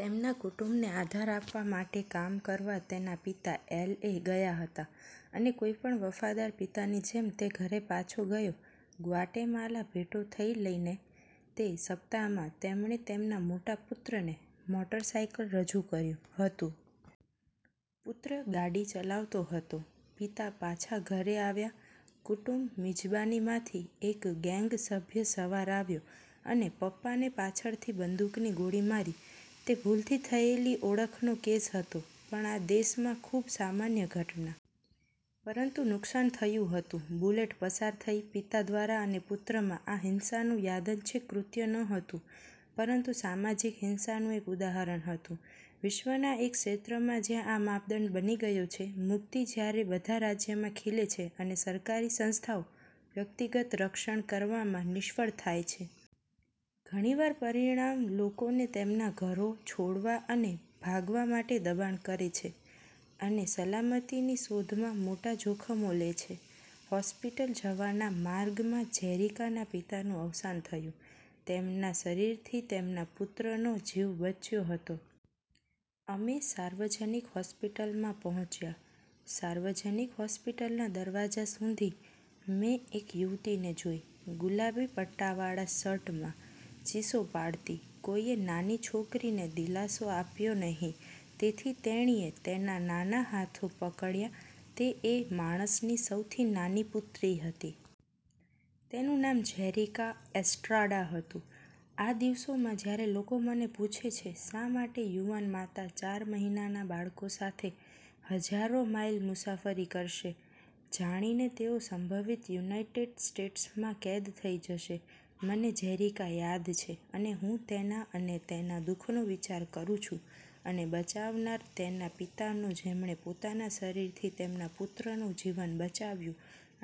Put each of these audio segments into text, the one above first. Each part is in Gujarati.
તેમના કુટુંબને આધાર આપવા માટે કામ કરવા તેના પિતા એલએ ગયા હતા અને કોઈપણ વફાદાર પિતાની જેમ તે ઘરે પાછો ગયો ગ્વાટેમાલા ભેટો લઈને. તે સપ્તાહમાં તેમણે તેમના મોટા પુત્રને મોટરસાયકલ રજૂ કર્યું હતું. પુત્ર ગાડી ચલાવતો હતો, પિતા પાછા ઘરે આવ્યા કુટુંબ મિજબાની માંથી, એક ગેંગ સભ્ય સવાર આવ્યો અને પપ્પાને પાછળથી બંદૂકની ગોળી મારી. તે ભૂલથી થયેલી ઓળખનો કેસ હતો પણ આ દેશમાં ખૂબ સામાન્ય ઘટના. પરંતુ નુકસાન થયું હતું. બુલેટ પસાર થઈ પિતા દ્વારા અને પુત્રમાં. આ હિંસાનું યાર્દચ્છિક કૃત્ય નહોતુ પરંતુ સામાજિક હિંસાનું એક ઉદાહરણ હતું વિશ્વના એક ક્ષેત્રમાં જ્યાં આ માપદંડ બની ગયો છે. મુક્તિ જ્યારે બધા રાજ્યમાં ખીલે છે અને સરકારી સંસ્થાઓ વ્યક્તિગત રક્ષણ કરવામાં નિષ્ફળ થાય છે. ઘણી વાર, પરિણામ લોકોને તેમના ઘરો છોડવા અને ભાગવા માટે દબાણ કરે છે અને સલામતીની શોધમાં મોટા જોખમો લે છે. હોસ્પિટલ જવાના માર્ગમાં જેરીકાના પિતાનું અવસાન થયું. તેમના શરીરથી તેમના પુત્રનો જીવ બચ્યો હતો. અમે સાર્વજનિક હોસ્પિટલમાં પહોંચ્યા. સાર્વજનિક હોસ્પિટલના દરવાજા સુધી મેં એક યુવતીને જોઇ ગુલાબી પટ્ટાવાળા શર્ટમાં, ચીસો પાડતી. કોઈએ નાની છોકરીને દિલાસો આપ્યો નહીં તેથી તેણીએ તેના નાના હાથો પકડ્યા. તે એ માણસની સૌથી નાની પુત્રી હતી. તેનું નામ જેરિકા એસ્ટ્રાડા હતું. આ દિવસોમાં, જ્યારે લોકો મને પૂછે છે શા માટે યુવાન માતા ચાર મહિનાનાં બાળકો સાથે હજારો માઇલ મુસાફરી કરશે, જાણીને તેઓ સંભવિત યુનાઇટેડ સ્ટેટ્સમાં કેદ થઈ જશે, મને જેરિકા યાદ છે અને હું તેના અને તેના દુઃખનો વિચાર કરું છું અને બચાવનાર તેના પિતાનો જેમણે પોતાના શરીરથી તેમના પુત્રનું જીવન બચાવ્યું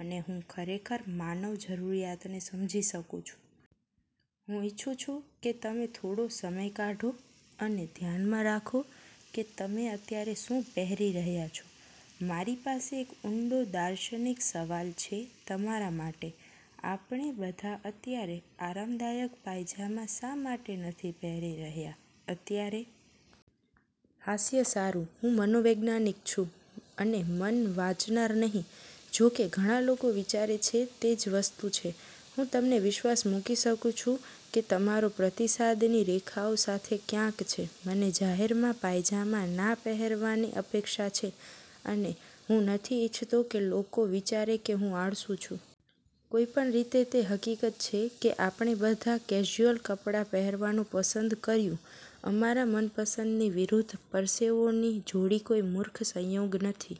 અને હું ખરેખર માનવ જરૂરિયાતને સમજી શકું છું. હું ઇચ્છું છું કે તમે થોડો સમય કાઢો અને ધ્યાનમાં રાખો કે તમે અત્યારે શું પહેરી રહ્યા છો. મારી પાસે એક ઊંડો દાર્શનિક સવાલ છે તમારા માટે, "આપણે બધા અત્યારે આરામદાયક પાયજામા શા માટે નથી પહેરી રહ્યા અત્યારે?" હાસ્ય સારું. હું મનોવૈજ્ઞાનિક છું અને મન વાંચનાર નહીં જોકે ઘણા લોકો વિચારે છે તે જ વસ્તુ છે. હું તમને વિશ્વાસ મૂકી શકું છું કે તમારો પ્રતિસાદની રેખાઓ સાથે ક્યાંક છે, "મને જાહેરમાં પાયજામા ના પહેરવાની અપેક્ષા છે" અને "હું નથી ઇરછતો કે લોકો વિચારે કે હું આળસું છું." કોઈપણ રીતે તે હકીકત છે કે આપણે બધા કેઝ્યુઅલ કપડાં પહેરવાનું પસંદ કર્યું. અમારા મનપસંદની વિરુદ્ધ પરસેવોની જોડી કોઈ મૂર્ખ સંયોગ નથી.